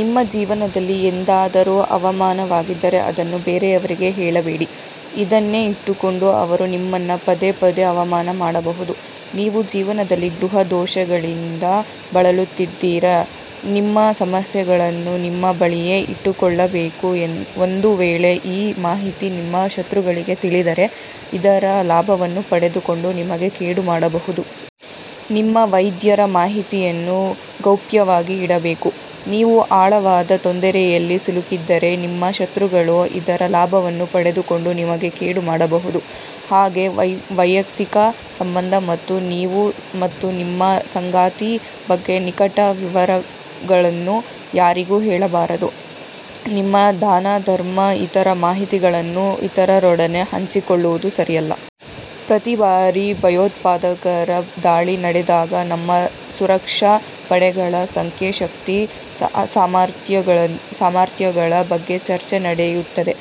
ನಿಮ್ಮ ಜೀವನದಲ್ಲಿ ಎಂದಾದರೂ ಅವಮಾನವಾಗಿದ್ದರೆ ಅದನ್ನು ಬೇರೆಯವರಿಗೆ ಹೇಳಬೇಡಿ. ಇದನ್ನೇ ಇಟ್ಟುಕೊಂಡು ಅವರು ನಿಮ್ಮನ್ನ ಪದೇ ಪದೇ ಅವಮಾನ ಮಾಡಬಹುದು. ನೀವು ಜೀವನದಲ್ಲಿ ಗೃಹ ದೋಷಗಳಿಂದ ಬಳಲುತ್ತಿದ್ದರೆ ನಿಮ್ಮ ಸಮಸ್ಯೆಗಳನ್ನು ನಿಮ್ಮ ಬಳಿಯೇ ಇಟ್ಟುಕೊಳ್ಳಬೇಕು ಒಂದು ವೇಳೆ ಈ ಮಾಹಿತಿ ನಿಮ್ಮ ಶತ್ರುಗಳಿಗೆ ತಿಳಿದರೆ ಇದರ ಲಾಭವನ್ನು ಪಡೆದುಕೊಂಡು ನಿಮಗೆ ಕೇಡು ಮಾಡಬಹುದು. ನಿಮ್ಮ ವೈದ್ಯರ ಮಾಹಿತಿಯನ್ನು ಗೌಪ್ಯವಾಗಿ ಇಡಬೇಕು, ನೀವು ಆಳವಾದ ತೊಂದರೆಯಲ್ಲಿ ಸಿಲುಕಿದ್ದರೆ ನಿಮ್ಮ ಶತ್ರುಗಳು ಇದರ ಲಾಭವನ್ನು ಪಡೆದುಕೊಂಡು ನಿಮಗೆ ಕೇಡು ಮಾಡಬಹುದು. ಹಾಗೇ ವೈಯಕ್ತಿಕ ಸಂಬಂಧ ಮತ್ತು ನೀವು ಮತ್ತು ನಿಮ್ಮ ಸಂಗಾತಿ ಬಗ್ಗೆ ನಿಕಟ ವಿವರಗಳನ್ನು ಯಾರಿಗೂ ಹೇಳಬಾರದು. ನಿಮ್ಮ ದಾನ ಧರ್ಮ ಇತರ ಮಾಹಿತಿಗಳನ್ನು ಇತರರೊಡನೆ ಹಂಚಿಕೊಳ್ಳುವುದು ಸರಿಯಲ್ಲ. ಪ್ರತಿ ಬಾರಿ ಭಯೋತ್ಪಾದಕರ ದಾಳಿ ನಡೆದಾಗ ನಮ್ಮ ಸುರಕ್ಷಾ ಪಡೆಗಳ ಸಂಖ್ಯೆ ಶಕ್ತಿ ಸಾಮರ್ಥ್ಯಗಳ ಬಗ್ಗೆ ಚರ್ಚೆ ನಡೆಯುತ್ತದೆ.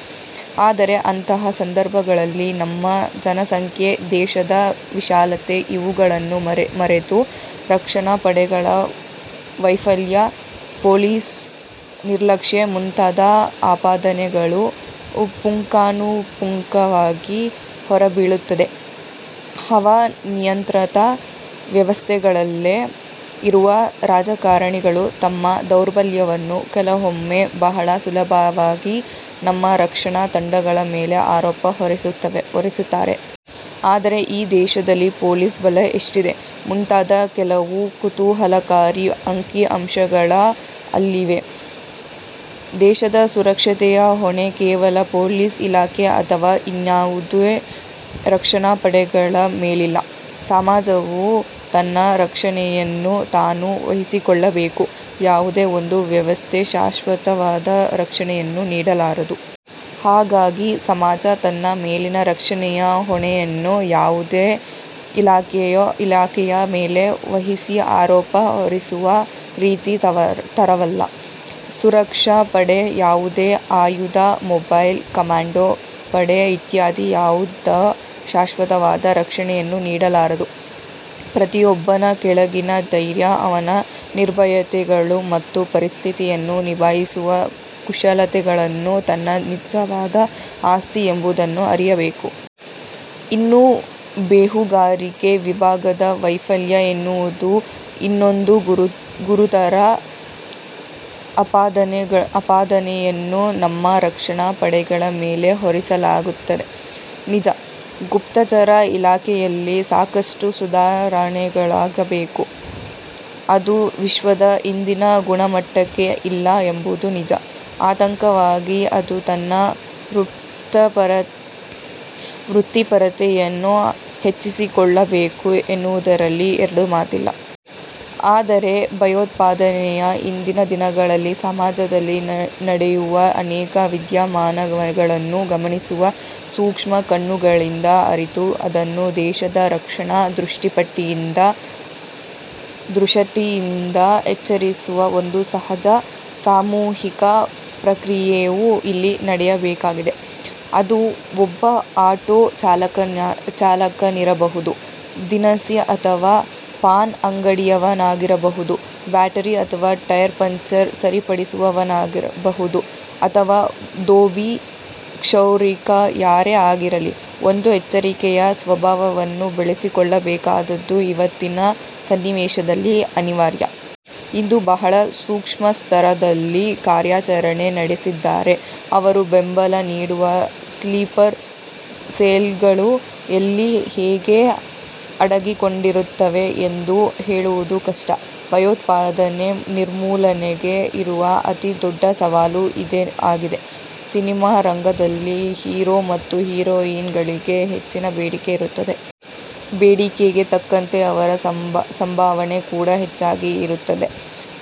ಆದರೆ ಅಂತಹ ಸಂದರ್ಭಗಳಲ್ಲಿ ನಮ್ಮ ಜನಸಂಖ್ಯೆ, ದೇಶದ ವಿಶಾಲತೆ ಇವುಗಳನ್ನು ಮರೆತು ರಕ್ಷಣಾ ಪಡೆಗಳ ವೈಫಲ್ಯ, ಪೊಲೀಸ್ ನಿರ್ಲಕ್ಷ್ಯ ಮುಂತಾದ ಆಪಾದನೆಗಳು ಪುಂಖಾನುಪುಂಖವಾಗಿ ಹೊರಬೀಳುತ್ತವೆ. ಹವಾ ನಿಯಂತ್ರಿತ ವ್ಯವಸ್ಥೆಗಳಲ್ಲೆ ಇರುವ ರಾಜಕಾರಣಿಗಳು ತಮ್ಮ ದೌರ್ಬಲ್ಯವನ್ನು ಕೆಲವೊಮ್ಮೆ ಬಹಳ ಸುಲಭವಾಗಿ ನಮ್ಮ ರಕ್ಷಣಾ ತಂಡಗಳ ಮೇಲೆ ಆರೋಪ ಹೊರಿಸುತ್ತಾರೆ. ಆದರೆ ಈ ದೇಶದಲ್ಲಿ ಪೊಲೀಸ್ ಬಲ ಎಷ್ಟಿದೆ? ಮುಂತಾದ ಕೆಲವು ಕುತೂಹಲಕಾರಿ ಅಂಕಿ ಅಂಶಗಳ ಇಲ್ಲಿವೆ. ದೇಶದ ಸುರಕ್ಷತೆಯ ಹೊಣೆ ಕೇವಲ ಪೊಲೀಸ್ ಇಲಾಖೆ ಅಥವಾ ಇನ್ನಾವುದೇ ರಕ್ಷಣಾಪಡೆಗಳ ಮೇಲಿಲ್ಲ. ಸಮಾಜವು ತನ್ನ ರಕ್ಷಣೆಯನ್ನು ತಾನೂ ವಹಿಸಿಕೊಳ್ಳಬೇಕು. ಯಾವುದೇ ಒಂದು ವ್ಯವಸ್ಥೆ ಶಾಶ್ವತವಾದ ರಕ್ಷಣೆಯನ್ನು ನೀಡಲಾರದು. ಹಾಗಾಗಿ ಸಮಾಜ ತನ್ನ ಮೇಲಿನ ರಕ್ಷಣೆಯ ಹೊಣೆಯನ್ನು ಯಾವುದೋ ಇಲಾಖೆಯ ಮೇಲೆ ವಹಿಸಿ ಆರೋಪ ಹೊರಿಸುವ ರೀತಿ ತರವಲ್ಲ. ಸುರಕ್ಷಾ ಪಡೆ, ಯಾವುದೇ ಆಯುಧ, ಮೊಬೈಲ್, ಕಮ್ಯಾಂಡೋ ಪಡೆ ಇತ್ಯಾದಿ ಯಾವುದೂ ಶಾಶ್ವತವಾದ ರಕ್ಷಣೆಯನ್ನು ನೀಡಲಾರದು. ಪ್ರತಿಯೊಬ್ಬನ ಒಳಗಿನ ಧೈರ್ಯ ಅವನ ನಿರ್ಭಯತೆಗಳು ಮತ್ತು ಪರಿಸ್ಥಿತಿಯನ್ನು ನಿಭಾಯಿಸುವ ಕುಶಲತೆಗಳನ್ನು ತನ್ನ ನಿಜವಾದ ಆಸ್ತಿ ಎಂಬುದನ್ನು ಅರಿಯಬೇಕು. ಇನ್ನು ಬೇಹುಗಾರಿಕೆ ವಿಭಾಗದ ವೈಫಲ್ಯ ಎನ್ನುವುದು ಇನ್ನೊಂದು ಗುರುತರ ಆಪಾದನೆಯನ್ನು ನಮ್ಮ ರಕ್ಷಣಾ ಪಡೆಗಳ ಮೇಲೆ ಹೋರಿಸಲಾಗುತ್ತದೆ. ನಿಜ, ಗುಪ್ತಚರ ಇಲಾಖೆಯಲ್ಲಿ ಸಾಕಷ್ಟು ಸುಧಾರಣೆಗಳಾಗಬೇಕು. ಅದು ವಿಶ್ವದ ಇಂದಿನ ಗುಣಮಟ್ಟಕ್ಕೆ ಇಲ್ಲ ಎಂಬುದು ನಿಜ. ಆಂತರಿಕವಾಗಿ ಅದು ತನ್ನ ವೃತ್ತಿಪರತೆಯನ್ನು ಹೆಚ್ಚಿಸಿಕೊಳ್ಳಬೇಕು ಎನ್ನುವುದರಲ್ಲಿ ಎರಡು ಮಾತಿಲ್ಲ. ಆದರೆ ಭಯೋತ್ಪಾದನೆಯ ಇಂದಿನ ದಿನಗಳಲ್ಲಿ ಸಮಾಜದಲ್ಲಿ ನಡೆಯುವ ಅನೇಕ ವಿದ್ಯಮಾನಗಳನ್ನು ಗಮನಿಸುವ ಸೂಕ್ಷ್ಮ ಕಣ್ಣುಗಳಿಂದ ಅರಿತು ಅದನ್ನು ದೇಶದ ರಕ್ಷಣಾ ದೃಷಟಿಯಿಂದ ಎಚ್ಚರಿಸುವ ಒಂದು ಸಹಜ, ಸಾಮೂಹಿಕ ಪ್ರಕ್ರಿಯೆಯು ಇಲ್ಲಿ ನಡೆಯಬೇಕಾಗಿದೆ. ಅದು ಒಬ್ಬ ಆಟೋ ಚಾಲಕನಿರಬಹುದು, ದಿನಸಿ ಅಥವಾ ಪಾನ್ ಅಂಗಡಿಯವನಾಗಿರಬಹುದು, ಬ್ಯಾಟರಿ ಅಥವಾ ಟೈರ್ ಪಂಚರ್ ಸರಿಪಡಿಸುವವನಿರಬಹುದು ಅಥವಾ ದೋಬಿ, ಕ್ಷೌರಿಕ ಯಾರೇ ಆಗಿರಲಿ ಒಂದು ಎಚ್ಚರಿಕೆಯ ಸ್ವಭಾವವನ್ನು ಬೆಳೆಸಿಕೊಳ್ಳಬೇಕಾದುದು ಇವತ್ತಿನ ಸನ್ನಿವೇಶದಲ್ಲಿ ಅನಿವಾರ್ಯ. ಇಂದು ಬಹಳ ಸೂಕ್ಷ್ಮ ಸ್ತರದಲ್ಲಿ ಕಾರ್ಯಾಚರಣೆ ನಡೆಸಿದ್ದಾರೆ. ಅವರ ಬೆಂಬಲ ನೀಡುವ ಸ್ಲೀಪರ್ ಸೆಲ್ಗಳು ಎಲ್ಲಿ ಹೇಗೆ ಅಡಗಿಕೊಂಡಿರುತ್ತವೆ ಎಂದು ಹೇಳುವುದು ಕಷ್ಟ. ಭಯೋತ್ಪಾದನೆ ನಿರ್ಮೂಲನೆಗೆ ಇರುವ ಅತಿ ದೊಡ್ಡ ಸವಾಲು ಇದೇ ಆಗಿದೆ. ಸಿನಿಮಾ ರಂಗದಲ್ಲಿ ಹೀರೋ ಮತ್ತು ಹೀರೋಯಿನ್ ಗಳಿಗೆ ಹೆಚ್ಚಿನ ಬೇಡಿಕೆ ಇರುತ್ತದೆ. ಬೇಡಿಕೆಗೆ ತಕ್ಕಂತೆ ಅವರ ಸಂಭಾವನೆ ಕೂಡ ಹೆಚ್ಚಾಗಿ ಇರುತ್ತದೆ.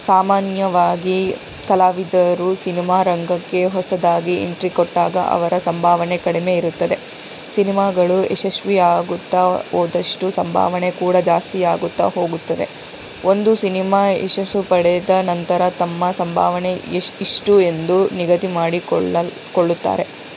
ಸಾಮಾನ್ಯವಾಗಿ ಕಲಾವಿದರು ಸಿನಿಮಾರಂಗಕ್ಕೆ ಹೊಸದಾಗಿ ಎಂಟ್ರಿ ಕೊಟ್ಟಾಗ ಅವರ ಸಂಭಾವನೆ ಕಡಿಮೆ ಇರುತ್ತದೆ. ಸಿನಿಮಾಗಳು ಯಶಸ್ವಿಯಾಗುತ್ತಾ ಹೋದಷ್ಟು, ಸಂಭಾವನೆ ಕೂಡ ಜಾಸ್ತಿಯಾಗುತ್ತಾ ಹೋಗುತ್ತದೆ. ಒಂದು ಸಿನಿಮಾ ಯಶಸ್ಸು ಪಡೆದ ನಂತರ ತಮ್ಮ ಸಂಭಾವನೆ ಇಷ್ಟು ಎಂದು ನಿಗದಿಮಾಡಿಕೊಳ್ಳುತ್ತಾರೆ.